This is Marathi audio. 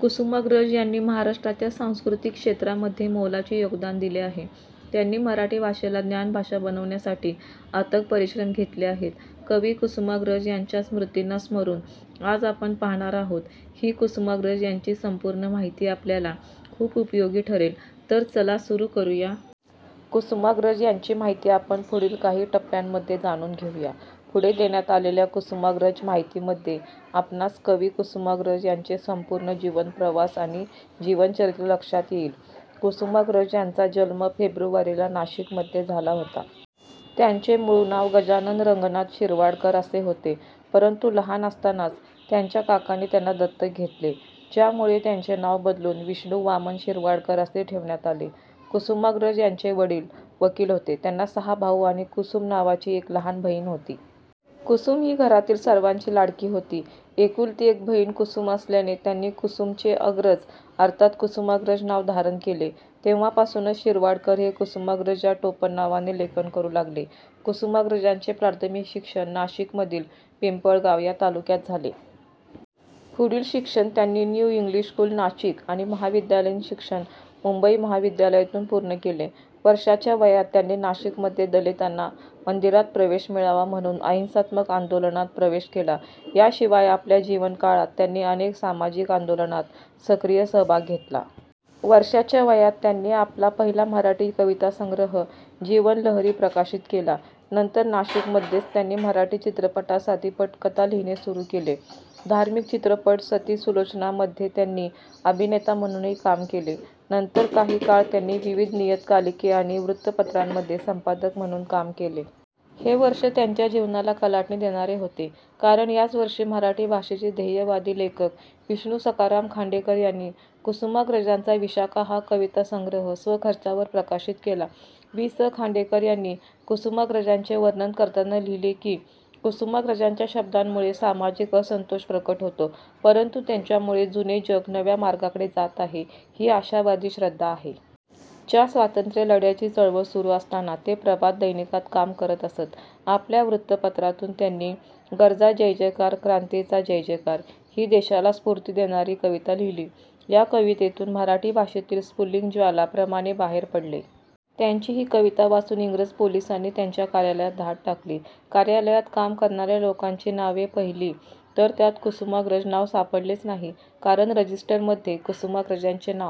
कुसुमाग्रज यांनी महाराष्ट्राच्या सांस्कृतिक क्षेत्रामध्ये मोलाचे योगदान दिले आहे. त्यांनी मराठी भाषेला ज्ञानभाषा बनवण्यासाठी अथक परिश्रम घेतले आहेत. कवी कुसुमाग्रज यांच्या स्मृतींना स्मरून आज आपण पाहणार आहोत ही कुसुमाग्रज यांची संपूर्ण माहिती आपल्याला खूप उपयोगी ठरेल तर चला सुरू करूया... कुसुमाग्रज यांची माहिती आपण पुढील काही टप्यामध्ये जाणून घेऊया. पुढे देण्यात आलेल्या कुसुमाग्रज माहिती मध्ये आपणास कवि कुसुमाग्रज यांचे संपूर्ण जीवनप्रवास आणि जीवन चरित्र लक्षात येईल. कुसुमाग्रज यांचा जन्म फेब्रुवारी ला नाशिक मध्ये झाला होता. त्यांचे मूळ नाव गजानन रंगनाथ शिरवाडकर असे होते. परंतु लहान असतांनाच त्यांच्या काकांनी त्यांना दत्तक घेतले ज्यामुळे त्यांचे नाव बदलून विष्णु वामन शिरवाडकर असे ठेवण्यात आले. कुसुमाग्रज यांचे वडील वकील होते. त्यांना सहा भाऊ आणि कुसुम नावाची एक लहान बहीण होती. कुसुम ही घरातील सर्वांची लाडकी होती. एकुलती एक बहिण कुसुम असल्याने त्यांनी कुसुम चे अग्रज अर्थात कुसुमाग्रज नाव धारण केले. तेव्हापासूनच शिरवाडकर हे कुसुमाग्रज या टोपणनावाने लेखन करू लागले. कुसुमाग्रजांचे प्राथमिक शिक्षण नाशिक मधील पिंपळगाव या तालुक्यात झाले. पुढील शिक्षण त्यांनी न्यू इंग्लिश स्कूल नाशिक आणि महाविद्यालयीन शिक्षण मुंबई महाविद्यालयातून पूर्ण केले. वर्षाच्या वयात त्यांनी नाशिकमध्ये दलितांना मंदिरात प्रवेश मिळावा म्हणून अहिंसात्मक आंदोलनात प्रवेश केला. या शिवाय आपल्या जीवन काळात त्यांनी अनेक सामाजिक आंदोलनात सक्रिय सहभाग घेतला. वर्षाच्या वयात त्यांनी आपला पहिला मराठी कवितासंग्रह 'जीवनलहरी' प्रकाशित केला. नंतर नाशिक मध्येच त्यांनी मराठी चित्रपटांसाठी पटकथा लिहिणे सुरू केले. धार्मिक चित्रपट सती सुलोचना मध्ये त्यांनी अभिनेता म्हणूनही काम केले. नंतर काही काळ त्यांनी विविध नियतकालिके आणि वृत्तपत्रांमध्ये संपादक म्हणून काम केले. हे वर्ष त्यांच्या जीवनाला कलाटणी देणारे होते. कारण याच वर्षी मराठी भाषेचे ध्येयवादी लेखक विष्णू सखाराम खांडेकर यांनी कुसुमाग्रजांचा 'विशाखा' हा कविता संग्रह स्वखर्चावर प्रकाशित केला. वि. स. खांडेकर यांनी कुसुमाग्रजांचे वर्णन करताना लिहिले की, "कुसुमाग्रजांच्या शब्दांमुळे सामाजिक असंतोष प्रकट होतो, परंतु त्यांच्यामुळेच जुने जग नव्या मार्गाकडे जात आहे ही आशावादी श्रद्धा आहे". च्या स्वातंत्र्य लढ्याची चळवळ सुरू असताना ते प्रभात दैनिकात काम करत असत. आपल्या वृत्तपत्रातून त्यांनी 'गर्जा जयजयकार क्रांतीचा जयजयकार.. ' ही देशाला स्फूर्ती देणारी कविता लिहिली. या कवितेतून मराठी भाषेतील स्फुल्लिंग ज्वाला प्रमाणे बाहेर पडले. त्यांची ही कविता वाचून इंग्रज पोलिसांनी त्यांच्या कार्यालयात धाड टाकली. कार्यालयात काम करणाऱ्या लोकांची नावे पहिली तर त्यात कुसुमाग्रज नाव सापडलेच नाही. कारण रजिस्टर मध्ये कुसुमाग्रजांचे नाव